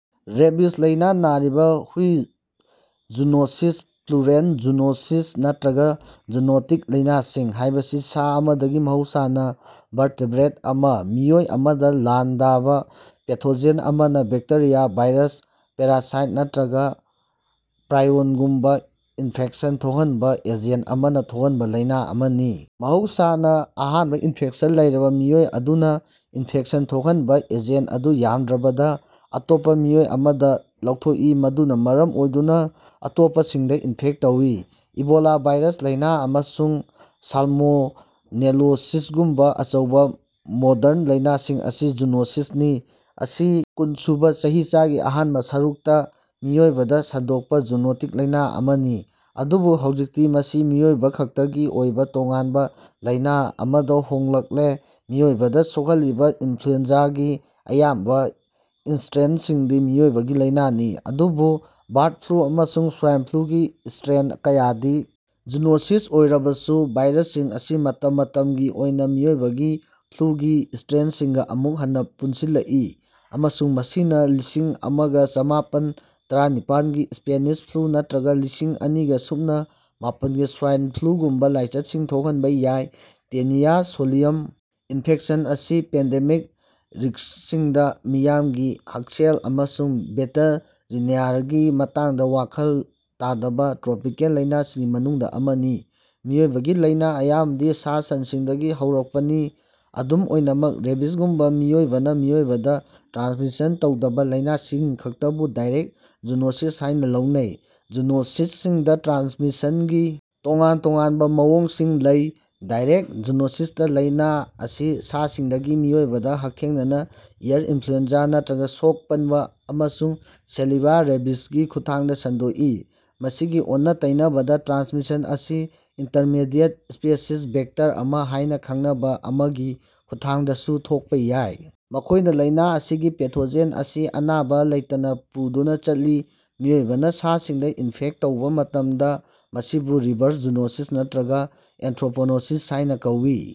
Rabies ꯂꯩꯅꯥ ꯅꯥꯔꯤꯕ ꯍꯨꯢ ꯖꯨꯅꯣꯁꯤꯁ (ꯄ꯭ꯂꯨꯔꯦꯜ ꯖꯨꯅꯣꯁꯤꯁ, ꯅꯠꯇ꯭ꯔꯒ ꯖꯨꯅꯣꯇꯤꯛ ꯂꯩꯅꯥꯁꯤꯡ) ꯍꯥꯏꯕꯁꯤ ꯁꯥ ꯑꯃꯗꯒꯤ (ꯃꯍꯧꯁꯥꯅ ꯚꯦꯔꯇꯦꯕ꯭ꯔꯦꯠ ꯑꯃ) ꯃꯤꯑꯣꯏ ꯑꯃꯗ ꯂꯥꯟꯗꯥꯕ ꯄꯦꯊꯣꯖꯦꯟ ꯑꯃꯅ ꯕꯦꯛꯇꯦꯔꯤꯌꯥ, ꯚꯥꯏꯔꯁ, ꯄꯦꯔꯥꯁꯥꯏꯠ ꯅꯠꯇ꯭ꯔꯒ ꯄ꯭ꯔꯥꯏꯑꯣꯟꯒꯨꯝꯕꯥ ꯏꯟꯐꯦꯛꯁꯟ ꯊꯣꯛꯍꯟꯕ ꯑꯦꯖꯦꯟ ꯑꯃꯅ ꯊꯣꯛꯍꯟꯕ ꯂꯩꯅꯥ ꯑꯃꯅꯤ꯫ ꯃꯍꯧꯁꯥꯅꯥ, ꯑꯍꯥꯟꯕ ꯏꯟꯐꯦꯛꯁꯟ ꯂꯩꯔꯕ ꯃꯤꯑꯣꯏ ꯑꯗꯨꯅ ꯏꯟꯐꯦꯛꯁꯟ ꯊꯣꯛꯍꯟꯕ ꯑꯦꯖꯦꯟ ꯑꯗꯨ ꯌꯥꯝꯗ꯭ꯔꯕꯗ ꯑꯇꯣꯞꯄꯥ ꯃꯤꯑꯣꯏ ꯑꯃꯗ ꯂꯧꯊꯣꯛꯏ, ꯃꯗꯨꯅ ꯥ ꯃꯔꯝ ꯑꯣꯏꯗꯨꯅ ꯑꯇꯣꯞꯄꯁꯤꯡꯗ ꯏꯟꯐꯦꯛ ꯇꯧꯏ꯫ ꯏꯕꯣꯂꯥ ꯚꯥꯏꯔꯁ ꯂꯩꯅꯥ ꯑꯃꯁꯨꯡ ꯁꯥꯜꯃꯣꯅꯦꯂꯣꯁꯤꯁꯒꯨꯝꯕ ꯑꯆꯧꯕꯥ ꯃꯣꯗ꯭ꯔꯟ ꯂꯩꯅꯥꯁꯤꯡ ꯑꯁꯤ ꯖꯨꯅꯣꯁꯤꯁꯅꯤ꯫ ꯑꯁꯤ ꯀꯨꯟꯁꯨꯕꯥ ꯆꯍꯤꯆꯥꯒꯤ ꯑꯍꯥꯟꯕ ꯁꯔꯨꯛꯇꯥ ꯃꯤꯑꯣꯏꯕꯗ ꯁꯟꯗꯣꯛꯄ ꯖꯨꯅꯣꯇꯤꯛ ꯂꯩꯅꯥ ꯑꯃꯅꯤ, ꯑꯗꯨꯕꯨ ꯍꯧꯖꯤꯛꯇꯤ ꯃꯁꯤ ꯃꯤꯑꯣꯏꯕꯈꯛꯇꯒꯤ ꯑꯣꯏꯕ ꯇꯣꯉꯥꯟꯕ ꯂꯩꯅꯥ ꯑꯃꯗ ꯍꯣꯡꯂꯛꯂꯦ꯫ ꯃꯤꯑꯣꯏꯕꯗ ꯁꯣꯛꯍꯜꯂꯤꯕ ꯏꯟꯐ꯭ꯂꯨꯑꯦꯟꯖꯥꯒꯤ ꯑꯌꯥꯝꯕ ꯏꯁꯇ꯭ꯔꯦꯟꯁꯤꯡꯗꯤ ꯃꯤꯑꯣꯏꯕꯒꯤ ꯂꯩꯅꯥꯅꯤ, ꯑꯗꯨꯕꯨ ꯕꯥꯔꯠ ꯐ꯭ꯂꯨ ꯑꯃꯁꯨꯡ ꯁ꯭ꯋꯥꯏꯟ ꯐ꯭ꯂꯨꯒꯤ ꯏꯁꯇ꯭ꯔꯦꯟ ꯀꯌꯥꯗꯤ ꯖꯨꯅꯣꯁꯤꯁ ꯑꯣꯏꯔꯕꯁꯨ ꯚꯥꯏꯔꯁꯁꯤꯡ ꯑꯁꯤ ꯃꯇꯝ ꯃꯇꯝꯒꯤ ꯑꯣꯏꯅ ꯃꯤꯑꯣꯏꯕꯒꯤ ꯐ꯭ꯂꯨꯒꯤ ꯏꯁꯇ꯭ꯔꯦꯟꯁꯤꯡꯒ ꯑꯃꯨꯛ ꯍꯟꯅꯥ ꯄꯨꯟꯁꯤꯜꯂꯛꯏ ꯑꯃꯁꯨꯡ ꯃꯁꯤꯅꯥ ꯂꯤꯁꯤꯡ ꯑꯃꯒꯥ ꯆꯃꯥꯄꯜ ꯇꯔꯥꯅꯤꯄꯥꯜꯒꯤ ꯁ꯭ꯄꯦꯅꯤꯁ ꯐ꯭ꯂꯨ ꯅꯠꯇ꯭ꯔꯒ ꯂꯤꯁꯤꯡ ꯑꯅꯤꯒꯥ ꯁꯨꯞꯅꯥ ꯃꯥꯄꯜꯒꯤ ꯁ꯭ꯋꯥꯏꯟ ꯐ꯭ꯂꯨꯒꯨꯝꯕꯥ ꯂꯥꯏꯆꯠꯁꯤꯡ ꯊꯣꯛꯍꯟꯕ ꯌꯥꯏ꯫ ꯇꯦꯅꯤꯌꯥ ꯁꯣꯂꯤꯌꯝ ꯏꯟꯐꯦꯛꯁꯟ ꯑꯁꯤ ꯄꯦꯟꯗꯦꯃꯤꯛ ꯔꯤꯛꯁꯁꯤꯡꯗꯥ ꯃꯤꯌꯥꯝꯒꯤ ꯍꯛꯁꯦꯜ ꯑꯃꯁꯨꯡ ꯚꯦꯇꯦꯔꯤꯅꯥꯔꯤꯒꯤ ꯃꯇꯥꯡꯗ ꯋꯥꯈꯜ ꯇꯥꯗꯕ ꯇ꯭ꯔꯣꯄꯤꯀꯦꯜ ꯂꯩꯅꯥꯁꯤꯡꯒꯤ ꯃꯅꯨꯡꯗ ꯑꯃꯅꯤ꯫ ꯃꯤꯑꯣꯏꯕꯒꯤ ꯂꯩꯅꯥ ꯑꯌꯥꯝꯕꯗꯤ ꯁꯥ-ꯁꯟꯁꯤꯡꯗꯒꯤ ꯍꯧꯔꯛꯄꯅꯤ, ꯑꯗꯨꯝ ꯑꯣꯏꯅꯃꯛ ꯔꯦꯕꯤꯖꯒꯨꯝꯕꯥ ꯃꯤꯑꯣꯏꯕꯅ ꯃꯤꯑꯣꯏꯕꯗ ꯇ꯭ꯔꯥꯟꯁꯃꯤꯁꯟ ꯇꯧꯗꯕꯥ ꯂꯩꯅꯥꯁꯤꯡꯈꯛꯇꯕꯨ ꯗꯥꯏꯔꯦꯛ ꯖꯨꯅꯣꯁꯤꯁ ꯍꯥꯏꯅ ꯂꯧꯅꯩ꯫ ꯖꯨꯅꯣꯁꯁꯤꯡꯗꯥ ꯇ꯭ꯔꯥꯟꯁꯃꯤꯁꯟꯒꯤ ꯇꯣꯉꯥꯟ-ꯇꯣꯉꯥꯟꯕ ꯃꯑꯣꯡꯁꯤꯡ ꯂꯩ꯫ ꯗꯥꯏꯔꯦꯛ ꯖꯨꯅꯣꯁꯤꯁꯇꯥ ꯂꯩꯅꯥ ꯑꯁꯤ ꯁꯥꯁꯤꯡꯗꯒꯤ ꯃꯤꯑꯣꯏꯕꯗ ꯍꯛꯊꯦꯡꯅꯅꯥ ꯑꯦꯌꯔ (ꯏꯅꯐ꯭ꯂꯨꯑꯦꯟꯖꯥ) ꯅꯠꯇ꯭ꯔꯒ ꯁꯣꯛ-ꯄꯟꯕꯥ ꯑꯃꯁꯨꯡ ꯁꯦꯂꯤꯚꯥ (ꯔꯦꯕꯤꯖ)ꯒꯤ ꯈꯨꯠꯊꯥꯡꯗ ꯁꯟꯗꯣꯛꯏ꯫ ꯃꯁꯤꯒꯤ ꯑꯣꯟꯅ-ꯇꯩꯅꯕꯗꯥ, ꯇ꯭ꯔꯥꯟꯁꯃꯤꯁꯟ ꯑꯁꯤ ꯏꯟꯇꯔꯃꯤꯗꯤꯑꯦꯠ ꯁ꯭ꯄꯦꯁꯤꯁ (ꯚꯦꯛꯇꯔ ꯑꯃ ꯍꯥꯏꯅ ꯈꯪꯅꯕ) ꯑꯃꯒꯤ ꯈꯨꯠꯊꯥꯡꯗꯁꯨ ꯊꯣꯛꯄ ꯌꯥꯏ, ꯃꯈꯣꯏꯅ ꯂꯩꯅꯥ ꯑꯁꯤꯒꯤ ꯄꯦꯊꯣꯖꯦꯟ ꯑꯁꯤ ꯑꯅꯥꯕ ꯂꯩꯇꯅꯥ ꯄꯨꯗꯨꯅꯥ ꯆꯠꯂꯤ꯫ ꯃꯤꯑꯣꯏꯕꯅ ꯁꯥꯁꯤꯡꯗ ꯏꯟꯐꯦꯛ ꯇꯧꯕ ꯃꯇꯝꯗ, ꯃꯁꯤꯕꯨ ꯔꯤꯚꯔꯁ ꯖꯨꯅꯣꯁꯤꯁ ꯅꯠꯇ꯭ꯔꯒ ꯑꯦꯟꯊ꯭ꯔꯣꯄꯣꯅꯣꯁꯤꯁ ꯍꯥꯏꯅ ꯀꯧꯏ꯫